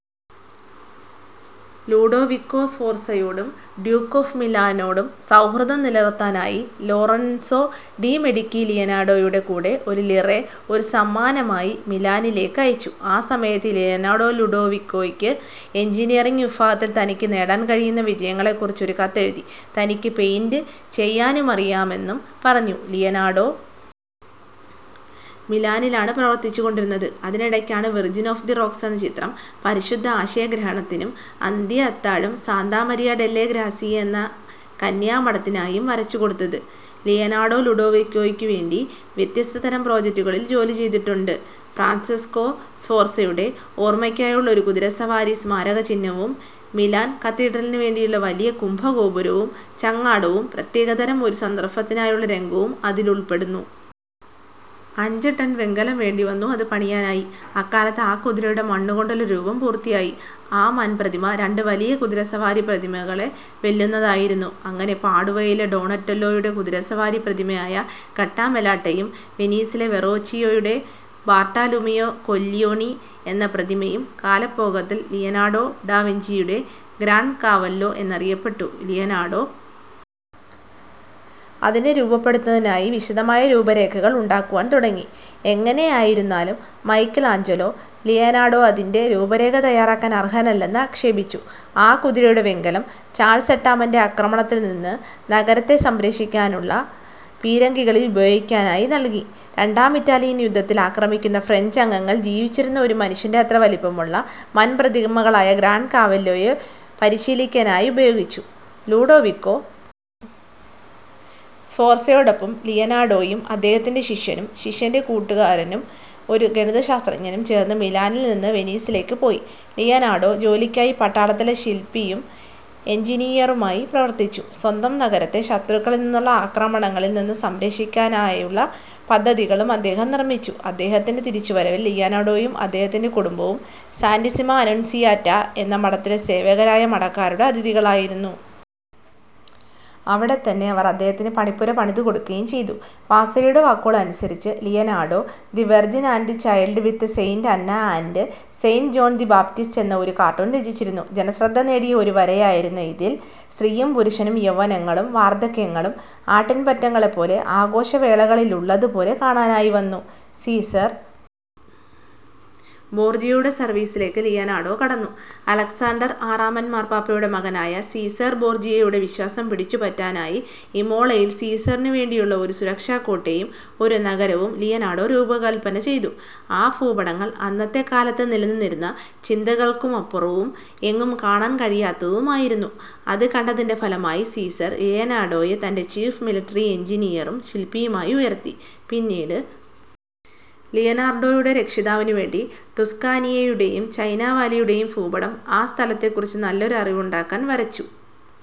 Ludovico സ്ഫോർസയോടും duke of മിലാനോടും സൗഹൃദം നിലനിർത്താനായി ലോറൻസോ ഡി മെഡികി ലിയനാർഡോയുടെ കൂടെ ഒരു ലിറെ ഒരു സമ്മാനമായി മിലാനിലേക്ക് അയച്ചു. ആ സമയത്ത് ലിയനാർഡോ ലുഡോവിക്കോയ്ക്ക് എഞ്ചിനീയറിങ് വിഭാഗത്തിൽ തനിക്ക് നേടാൻ കഴിയുന്ന വിജയങ്ങളെക്കുറിച്ച് ഒരു കത്തെഴുതി. തനിക്ക് പെയിന്റ് ചെയ്യാനുമറിയാമെന്നും പറഞ്ഞു. ലിയനാർഡോ മിലാനിലാണ് പ്രവർത്തിച്ചുകൊണ്ടിരുന്നത്. അതിനിടയ്ക്കാണ് വിർജിൻ ഓഫ് ദി റോക്ക്സ് എന്ന ചിത്രം പരിശുദ്ധ ആശയഗ്രഹണത്തിനും, അന്ത്യ അത്താഴം സാന്താ മറിയ ഡെല്ലെ ഗ്രാസിയേ എന്ന കന്യാമഠത്തിനായും വരച്ചുകൊടുത്തത്. ലിയനാർഡോ ലുഡോവിക്കോയ്ക്കുവേണ്ടി വ്യത്യസ്തതരം പ്രോജക്റ്റുകളിൽ ജോലിചെയ്തിട്ടുണ്ട്. ഫ്രാൻസെസ്കോ സ്ഫോർസയുടെ ഓർമ്മയ്ക്കായുള്ള ഒരു കുതിരസവാരി സ്മാരകചിഹ്നവും, മിലാൻ കത്തീഡ്രലിനുവേണ്ടിയുള്ള വലിയ കുംഭഗോപുരവും, ചങ്ങാടവും പ്രത്യേകതരം ഒരു സന്ദർഭത്തിനായുള്ള രംഗവും അതിലുൾപ്പെടുന്നു. അഞ്ച് ടൺ വെങ്കലം വേണ്ടി വന്നു അത് പണിയാനായി. അക്കാലത്ത് ആ കുതിരയുടെ മണ്ണുകൊണ്ടുള്ള രൂപം പൂർത്തിയായി. ആ മൺപ്രതിമ രണ്ട് വലിയ കുതിരസവാരി പ്രതിമകളെ വെല്ലുന്നതായിരുന്നു. അങ്ങനെ പാഡുവയിലെ ഡോണറ്റെല്ലോയുടെ കുതിരസവാരി പ്രതിമയായ ഗട്ടാമെലാട്ടയും, വെനീസിലെ വെറോച്ചിയോയുടെ ബാർട്ടലൂമിയോ കോല്ല്യോനി എന്ന പ്രതിമയും കാലപ്പോകത്തിൽ ലിയനാർഡോ ഡാ വിഞ്ചിയുടെ ഗ്രാൻ കാവല്ലോ എന്നറിയപ്പെട്ടു. ലിയനാർഡോ അതിനെ രൂപപ്പെടുത്തുന്നതിനായി വിശദമായ രൂപരേഖകൾ ഉണ്ടാക്കുവാൻ തുടങ്ങി. എങ്ങനെയിരുന്നാലും മൈക്കലാഞ്ചലോ, ലിയനാർഡോ അതിൻ്റെ രൂപരേഖ തയ്യാറാക്കാൻ അർഹനല്ലെന്ന് ആക്ഷേപിച്ചു.ആ കുതിരയുടെ വെങ്കലം ചാൾസ് എട്ടാമൻ്റെ ആക്രമണത്തിൽ നിന്ന് നഗരത്തെ സംരക്ഷിക്കാനായുള്ള പീരങ്കികളിൽ ഉപയോഗിക്കാനായി നൽകി. രണ്ടാം ഇറ്റാലിയൻ യുദ്ധത്തിൽ ആക്രമിക്കുന്ന ഫ്രഞ്ച് അംഗങ്ങൾ ജീവിച്ചിരിക്കുന്ന ഒരു മനുഷ്യൻ്റെ അത്ര വലിപ്പമുള്ള മൺപ്രതിമകളായ ഗ്രാൻ കാവല്ലോയെ പരിശീലിക്കാനായി ഉപയോഗിച്ചു. ലുഡോവികോ സ്ഫോർസയോടൊപ്പം ലിയനാർഡോയും അദ്ദേഹത്തിൻ്റെ ശിഷ്യനും, ശിഷ്യൻ്റെ കൂട്ടുകാരനും, ഒരു ഗണിതശാസ്ത്രജ്ഞനും ചേർന്ന് മിലാനിൽ നിന്ന് വെനീസിലേക്ക് പോയി. ലിയനാർഡോ ജോലിക്കായി പട്ടാളത്തിലെ ശിൽപ്പിയും എഞ്ചിനീയറുമായി പ്രവർത്തിച്ചു. സ്വന്തം നഗരത്തെ ശത്രുക്കളിൽ നിന്നുള്ള ആക്രമണങ്ങളിൽ നിന്ന് സംരക്ഷിക്കാനായുള്ള പദ്ധതികളും അദ്ദേഹം നിർമ്മിച്ചു. അദ്ദേഹത്തിൻ്റെ തിരിച്ചുവരവിൽ ലിയനാർഡോയും അദ്ദേഹത്തിൻ്റെ കുടുംബവും സാന്റിസ്സിമാ അനുൻസിയാറ്റാ എന്ന മഠത്തിലെ സേവകരായ മഠക്കാരുടെ അതിഥികളായിരുന്നു. അവിടെത്തന്നെ അവർ അദ്ദേഹത്തിന് പണിപ്പുര പണിതുകൊടുക്കുകയും ചെയ്തു. വാസരിയുടെ വാക്കുകളനുസരിച്ച് Leonardo the Virgin and Child with Saint Anna and Saint John the Baptist എന്ന ഒരു കാർട്ടൂൺ രചിച്ചിരുന്നു. ജനശ്രദ്ധ നേടിയ ഒരു വരയായിരുന്ന ഇതിൽ സ്ത്രീയും പുരുഷനും, യൗവനങ്ങളും വാർദ്ധക്യങ്ങളും ആട്ടിൻപറ്റങ്ങളെ പോലെ ആഘോഷവേളകളിലുള്ളതുപോലെ കാണാനായി വന്നു. സീസേർ ബോർജിയയുടെ സർവീസിലേക്ക് ലിയനാർഡോ കടന്നു. അലക്സാണ്ടർ ആറാമൻ മാർപ്പാപ്പയുടെ മകനായ സീസേർ ബോർജിയയുടെ വിശ്വാസം പിടിച്ചുപറ്റാനായി ഇമോളയിൽ സീസേറിനുവേണ്ടിയുള്ള ഒരു സുരക്ഷാകോട്ടയും ഒരു നഗരവും ലിയനാർഡോ രൂപകൽപ്പന ചെയ്തു.ആ ഭൂപടങ്ങൾ അന്നത്തെ കാലത്ത് നിലനിന്നിരുന്ന ചിന്തകൾക്കുമപ്പുറവും എങ്ങും കാണാൻ കഴിയാത്തതുമായിരുന്നു. അത് കണ്ടതിൻ്റെ ഫലമായി സീസേർ ലിയനാർഡോയെ തൻ്റെ ചീഫ് മിലിട്ടറി എഞ്ചിനീയറും ശിൽപ്പിയുമായി ഉയർത്തി. പിന്നീട് ലിയനാർഡോയുടെ രക്ഷിതാവിനുവേണ്ടി ടുസ്കാനിയയുടെയും ചൈനാ വാലിയുടെയും ഭൂപടം ആ സ്ഥലത്തെക്കുറിച്ച് നല്ലൊരു അറിവുണ്ടാക്കാൻ വരച്ചു.